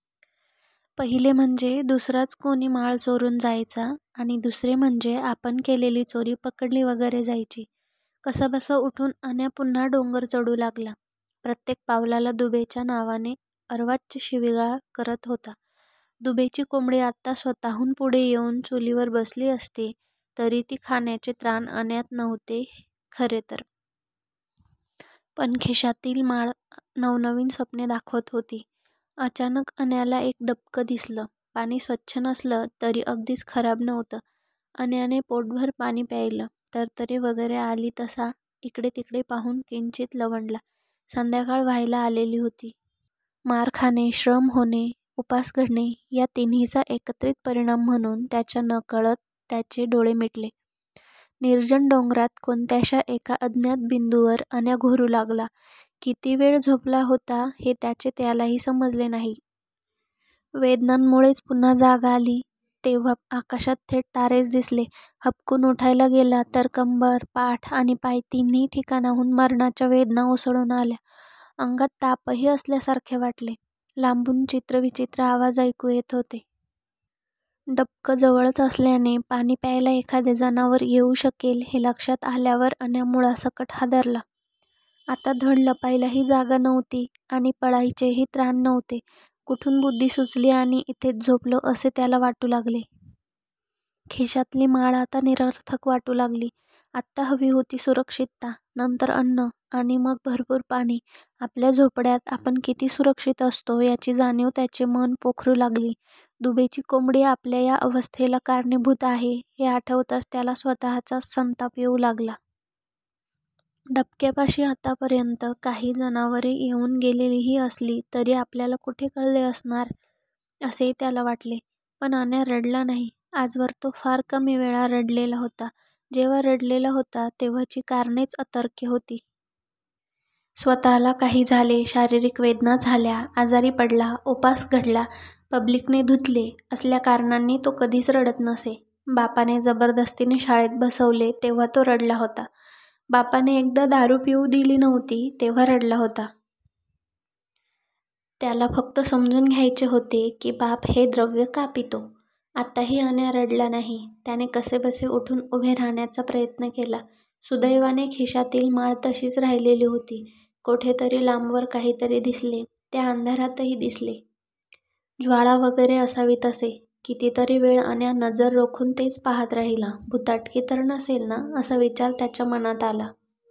पहिले म्हणजे दुसराच कोणी माळ चोरून जायचा. आणि दुसरे म्हणजे आपण केलेली चोरी पकडली वगैरे जायची. कसाबसा उठून अन्या पुन्हा डोंगर चढू लागला. प्रत्येक पावलाला दुबेच्या नावाने अर्वाच्य शिवीगाळ करत होता. दुबेची कोंबडी आत्ता स्वतःहून पुढे येऊन चुलीवर बसली असती तरी ती खाण्याचे त्राण अन्यात नव्हते खरे तर! पण खिशातील माळ नवनवी स्वप्ने दाखवत होती. अचानक अन्याला एक डबकं दिसलं! पाणी स्वच्छ नसलं तरी अगदीच खराब नव्हतं! अन्याने पोटभर पाणी प्यायलं! तरतरी वगैरे आली तसा इकडेतिकडे पाहून किंचित लवंडला. संध्याकाळ व्हायला आलेली होती. मार खाणे, श्रम होणे, उपास घडणे या तिन्हीचा एकत्रीत परिणाम म्हणून त्याच्या नकळत त्याचे डोळे मिटले. निर्जन डोंगरात कोणत्याश्या एका अज्ञात बिंदूवर अन्या घोरू लागला. किती वेळ झोपला होता हे त्याचे त्यालाही समजले नाही. वेदनांमुळेच पुन्हा जाग आली तेव्हा आकाशात थेट तारेच दिसले. हबकून उठायला गेला तर कंबर, पाठ आणि पाय तिन्ही ठिकाणाहून मरणाच्या वेदना उसळून आल्या. अंगात तापही असल्यासारखे वाटले. लांबून चित्रविचित्र आवाज ऐकू येत होते. डबकं जवळच असल्याने पाणी प्यायला एखादे जनावर येऊ शकेल हे लक्षात आल्यावर अन्या मुळासकट हादरला. आता धड लपायलाही जागा नव्हती आणि पळायचेही त्राण नव्हते. कुठून बुद्धी सुचली आणि इथेच झोपलो असे त्याला वाटू लागले. खिशातली माळ आता निरर्थक वाटू लागली. आत्ता हवी होती सुरक्षितता, नंतर अन्न आणि मग भरपूर पाणी! आपल्या झोपड्यात आपण किती सुरक्षित असतो याची जाणीव त्याचे मन पोखरू लागली. दुबेची कोंबडी आपल्या या अवस्थेला कारणीभूत आहे हे आठवताच त्याला स्वतःचाच संताप येऊ लागला. डबक्यापाशी आत्तापर्यंत काही जनावरे येऊन गेलेलीही असली तरी आपल्याला कुठे कळले असणार असेही त्याला वाटले. पण अन्या रडला नाही. आजवर तो फार कमी वेळा रडलेला होता. जेव्हा रडलेला होता तेव्हाची कारणेच अतर्क्य होती. स्वतःला काही झाले, शारीरिक वेदना झाल्या, आजारी पडला, उपास घडला, पब्लिकने धुतले असल्या कारणांनी तो कधीच रडत नसे. बापाने जबरदस्तीने शाळेत बसवले तेव्हा तो रडला होता. बापाने एकदा दारू पिऊ दिली नव्हती तेव्हा रडला होता. त्याला फक्त समजून घ्यायचे होते की बाप हे द्रव्य का पितो. आत्ताही अन्या रडला नाही. त्याने कसेबसे उठून उभे राहायचा प्रयत्न केला. सुदैवाने खिशातील माळ तशीच राहिलेली होती. कोठेतरी लांबवर काहीतरी दिसले. त्या अंधारातही दिसले. ज्वाळा वगैरे असावी तसे! कितीतरी वेळ अन्या नजर रोखून तेच पाहात राहिला. भुताटकी तर नसेल ना असा विचार त्याच्या मनात आला.